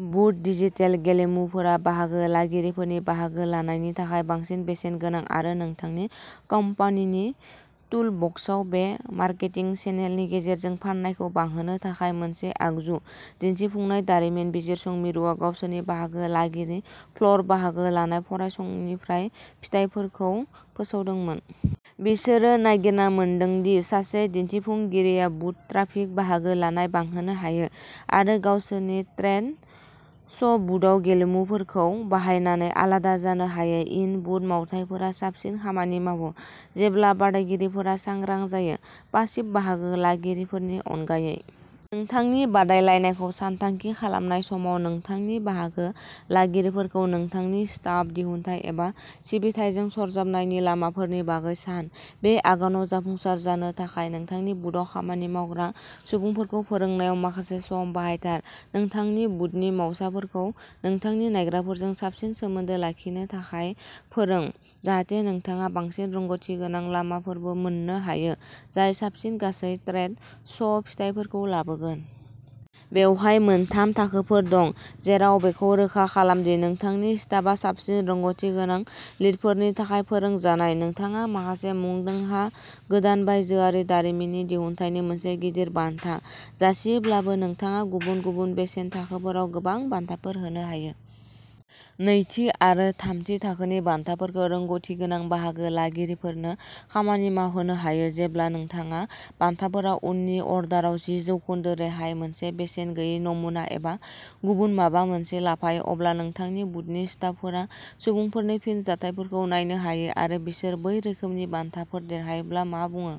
बुथ, digital गेलेमुफोरा बाहागो लागिरिफोरनि बाहागो लानायनि थाखाय बांसिन बेसेनगोनां आरो नोंथांनि कम्पानिनि टुलबक्सआव बे मार्केटिं चेनेलनि गेजेरजों फाननायखौ बांहोनो थाखाय मोनसे आगजु। दिन्थिफुंनाय दारिमिन बिजिरसं मिरुआ गावसोरनि बाहागो लागिरि फ्लर बाहागो लानाय फरायसंनिफ्राय फिथायफोरखौ फोसावदोंमोन। बिसोरो नागिरना मोनदों दि सासे दिन्थिफुंगिरिया बुथ ट्राफिक बाहागो लानाय बांहोनो हायो आरो गावसोरनि ट्रेड श'बुथआव गेलेमुफोरखौ बाहायनानै आलादा जानो हायो। इन-बुथ मावथायफोरा साबसिन खामानि मावो जेब्ला बादायगिरिफोरा सांग्रां जायो, पासिभ बाहागो लागिरिफोरनि अनगायै। नोंथांनि बादायलायनायखौ सानथांखि खालामनाय समाव, नोंथांनि बाहागो लागिरिफोरखौ नोंथांनि स्टाफ, दिहुनथाइ एबा सिबिथाइजों सरजाबनायनि लामाफोरनि बागै सान। बे आगानाव जाफुंसार जानो थाखाय, नोंथांनि बुथआव खामानि मावग्रा सुबुंफोरखौ फोरोंनायाव माखासे सम बाहायथार। नोंथांनि बुथनि मावसाफोरखौ नोंथांनि नायग्राफोरजों साबसिन सोमोन्दो लाखिनो थाखाय फोरों, जाहाथे नोंथाङा बांसिन रोंग'थि गोनां लामाफोरबो मोन्नो हायो, जाय साबसिन गासै ट्रेड श' फिथाइफोरखौ लाबोगोन। बेवहाय मोनथाम थाखोफोर दं जेराव बेखौ रोखा खालाम दि नोंथांनि स्टाफआ साबसिन रोंग'थि गोनां लिडफोरनि थाखाय फोरोंजानाय। नोंथाङा माखासे मुंदांखा गोदान बायजोआरि दारिमिननि दिहुनथायनि मोनसे गिदिर बान्था जासियोब्लाबो, नोंथाङा गुबुन गुबुन बेसेन थाखोफोराव गोबां बान्थाफोर होनो हायो। नैथि आरो थामथि थाखोनि बान्थाफोरखौ रोंग'थि गोनां बाहागो लागिरिफोरनो खामानि मावहोनो हायो। जेब्ला नोंथाङा बान्थाफोराव उननि अर्डाराव जि जौखोन्दो रेहाय, मोनसे बेसेन गैयै नमुना, एबा गुबुन माबा मोनसे लाफायो, अब्ला नोंथांनि बुथनि स्टाफफोरा सुबुंफोरनि फिनजाथायफोरखौ नायनो हायो आरो बिसोर बै रोखोमनि बान्थाफोर देरहायोब्ला मा बुङो।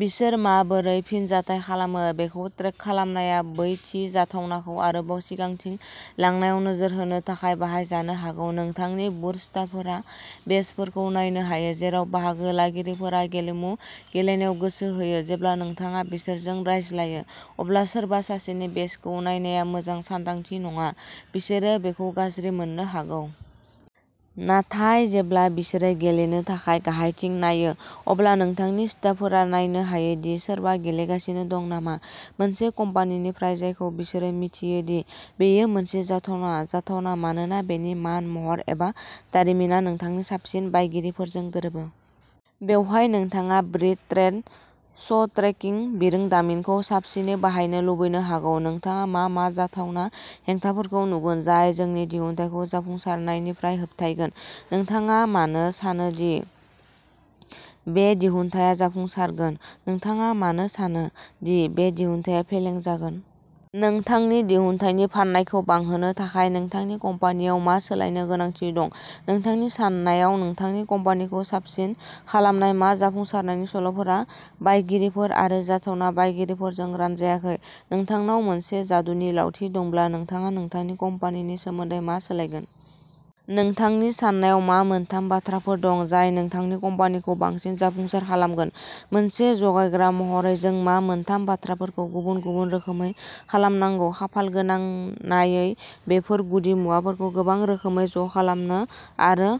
बिसोर माबोरै फिनजाथाय खालामो बेखौ ट्रेक खालामनाया बै थि जाथावनाखौ आरोबाव सिगांथिं लांनायाव नोजोर होनो थाखाय बाहायजानो हागौ। नोंथांनि बुथ स्टाफफोरा बेजफोरखौ नायनो हायो, जेराव बाहागो लागिरिफोरा गेलेमु गेलेनायाव गोसो होयो। जेब्ला नोंथाङा बिसोरजों रायज्लायो, अब्ला सोरबा सासेनि बेजखौ नायनाया मोजां सानदांथि नङा बिसोरो बेखौ गाज्रि मोननो हागौ। नाथाय जेब्ला बिसोरो गेलेनो थाखाय गाहायथिं नायो, अब्ला नोंथांनि स्टाफफोरा नायनो हायो दि सोरबा गेलेगासिनो दं नामा। मोनसे कम्पानिनिफ्राय जायखौ बिसोरो मिथियो दि बेयो मोनसे जाथावना जाथावना, मानोना बेनि मान, महर एबा दारिमिना नोंथांनि साबसिन बायगिरिफोरजों गोरोबो। बेवहाय नोंथाङा ब्रिद ट्रेड श'ट्रेकिं बिरोंदामिनखौ साबसिनै बाहायनो लुबैनो हागौ। नोंथाङा मा मा जाथावना हेंथाफोरखौ नुगोन जाय जोंनि दिहुनथायखौ जाफुंसारनायनिफ्राय होबथायगोन। नोंथाङा मानो सानो दि बे दिहुनथाया जाफुंसारगोन? नोंथाङा मानो सानो दि बे दिहुनथाया फेलें जागोन। नोंथांनि दिहुनथायनि फाननायखौ बांहोनो थाखाय नोंथांनि कम्पानिआव मा सोलायनो गोनांथि दं? नोंथांनि सान्नायाव, नोंथांनि कम्पानिखौ साबसिन खालामनाय मा जाफुंसारनायनि सल'फोरा बायगिरिफोर आरो जाथावना बायगिरिफोरजों रानजायाखै? नोंथांनाव मोनसे जादुनि लावथि दंब्ला नोंथाङा नोंथांनि कम्पानिनि सोमोन्दै मा सोलायगोन? नोंथांनि सान्नायाव मा मोनथाम बाथ्राफोर दं जाय नोंथांनि कम्पानिखौ बांसिन जाफुंसार खालामगोन? मोनसे जगायग्रा महरै जों मा मोनथाम बाथ्राफोरखौ गुबुन-गुबुन रोखोमै खालामनांगौ? खाफालगोनांनायै, बेफोर गुदि मुवाफोरखौ गोबां रोखोमै ज'खालामनो आरो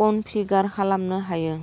कनफिगार खालामनो हायो।